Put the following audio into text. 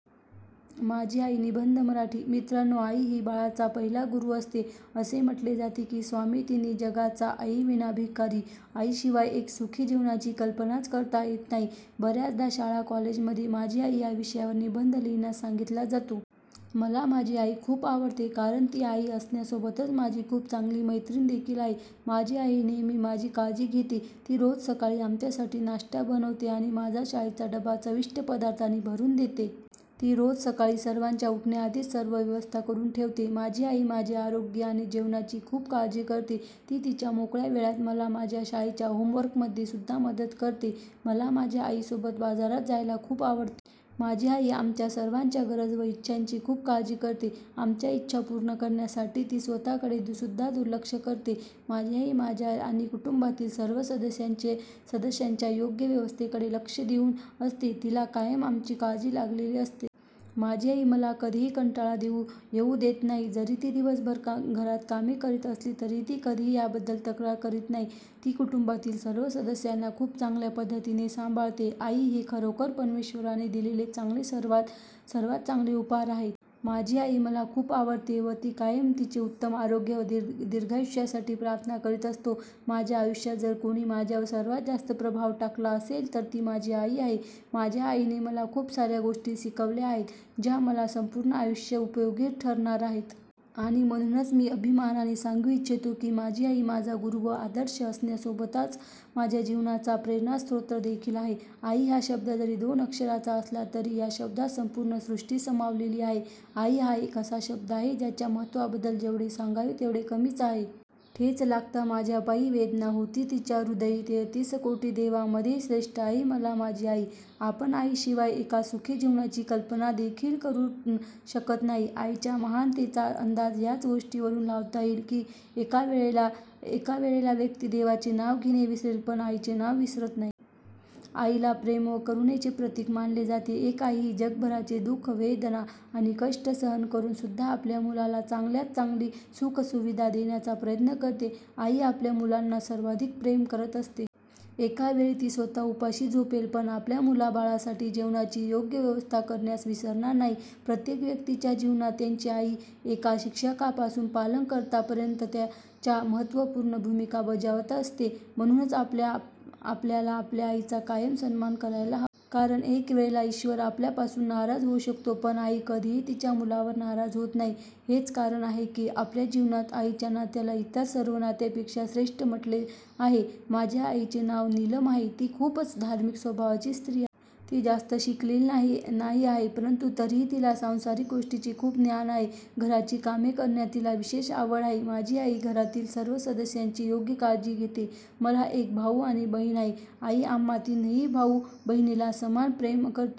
माझी आई निबंध मराठी: मित्रानो आई ही बाळाचा पहिला गुरु असते. असे म्हटले जाते की 'स्वामी तिन्ही जगाचा आई विना भिकारी'. आई शिवाय एक सुखी जीवनाची कल्पनाच करता येत नाही. बऱ्याचदा शाळा कॉलेज मध्ये माझी आई या विषयवार निबंध लिहिण्यास सांगीतला जातो. मला माझी आई खूप आवडते कारण ती आई असण्यासोबतच माझी खूप चांगली मैत्रीण देखील आहे. माझी आई नेहमी माझी काळजी घेते. ती रोज सकाळी आमच्यासाठी नाश्ता बनवते आणि माझा शाळेचा डब्बा चविष्ट पदार्थांनी भरून देते. ती रोज सकाळी सर्वांच्या उठण्याधीच सर्व व्यवस्था करून ठेवते. माझी आई माझे आरोग्य आणि जेवणाची खूप काळजी करते. ती तिच्या मोकळ्या वेळात मला माझ्या शाळेच्या होमवर्क मध्ये सुद्धा मदत करते. मला माझ्या आई सोबत बाजारात जायला खूप आवडते. माझी आई आमच्या सर्वांच्या गरज व इच्छांची खूप काळजी करते. आमच्या इच्छा पूर्ण करण्यासाठी ती स्वतः कडे सुद्धा दुर्लक्ष करते. माझी आई माझ्या आणि कुटुंबातील सर्व सदस्यांच्या योग्य व्यवस्थेकडे लक्ष ठेऊन असते, तिला कायम आमची काळजी लागलेली असते. माझी आई मला कधीही कंटाळा येऊ देत नाही. जरी ती दिवसभर घरात कामे करीत असली तरीही ती कधीही या बद्दल तक्रार करीत नाही. ती कुटुंबातील सर्व सदस्यांना खूप चांगल्या पद्धतीने सांभाळते. आई ही खरोखर परमेश्वराने दिलेले सर्वात चांगले उपहार आहे. माझी आई मला खूप आवडते व मी कायम तिचे उत्तम आरोग्य व दीर्घायुष्यासाठी प्रार्थना करीत असतो. माझ्या आयुष्यात जर कोणी माझ्यावर सर्वात जास्त प्रभाव टाकला असेल, तर ती माझी आई आहे. माझ्या आईने मला खूप साऱ्या गोष्टी शिकवल्या आहेत, ज्या मला संपूर्ण आयुष्य उपयोगी ठरणार आहेत. आणि म्हणूनच मी अभिमानाने सांगू इच्छितो की माझी आई माझा गुरु व आदर्श असण्यासोबताच माझ्या जीवनाचा प्रेणास्रोत देखील आहे. आई हा शब्द जरी दोन अक्षरांचा असला तरी या शब्दात संपूर्ण सृष्टि समावलेली आहे, आई हा एक असा शब्द आहे ज्याच्या महत्त्वाबद्दल जेवढे सांगावे तेवढे कमीच आहे. ठेच लागता माझ्या पायी, वेदना होती तिच्या हृदयी तेहतीस कोटी देवांमध्ये, श्रेष्ठ आहे मला माझी आई आपण आई शिवाय एका सुखी जीवनाची कल्पना देखील करू शकत नाही. आईच्या महानतेचा अंदाज याच गोष्टीवरून लावता येईल की एका वेळेला व्यक्ती देवाचे नाव घेणे विसरेल पण आई चे नाव विसरत नाही. आईला प्रेम व करुणे चे प्रतीक मानले जाते. एक आई ही जगभराचे दुख, वेदना आणि कष्ट सहन करून सुद्धा आपल्या मुलाला चांगल्यात चांगली सुख सुविधा देण्याचा प्रयत्न करते. आई आपल्या मुलांना सर्वाधिक प्रेम करत असते. एका वेळी ती स्वतः उपाशी झोपेल पण आपल्या मुलाबाळांसाठी जेवणाची योग्य व्यवस्था करण्यास विसरणार नाही. प्रत्येक व्यक्तीच्या जीवनात त्यांची आई एका शिक्षकापासून पालनकर्ता पर्यंत च्या महत्त्वपूर्ण भूमिका बजावत असते. म्हणूनच आपल्याला आपल्या आईचा कायम सन्मान करायला हवा. कारण एक वेळेला ईश्वर आपल्यापासून नाराज होऊ शकतो पण आई कधीही तिच्या मुलांवर नाराज होत नाही. हेच कारण आहे की आपल्या जीवनात आईच्या या नात्याला इतर सर्व नात्यापेक्षा श्रेष्ठ म्हटले आहे. माझ्या आईचे नाव निलम आहे ती खूपच धार्मिक स्वभावाची स्त्री आहे. ती जास्त शिकलेली नाही आहे. परंतु तरीही तिला सांसारिक गोष्टींचे खूप ज्ञान आहे. घराची कामे करण्यात तिला विशेष आवड आहे. माझी आई घरातील सर्व सदस्यांची योग्य काळजी घेते. मला एक भाऊ आणि बहीण आहेत. आई आम्हा तीनही भाऊ बहिणीला समान प्रेम करते.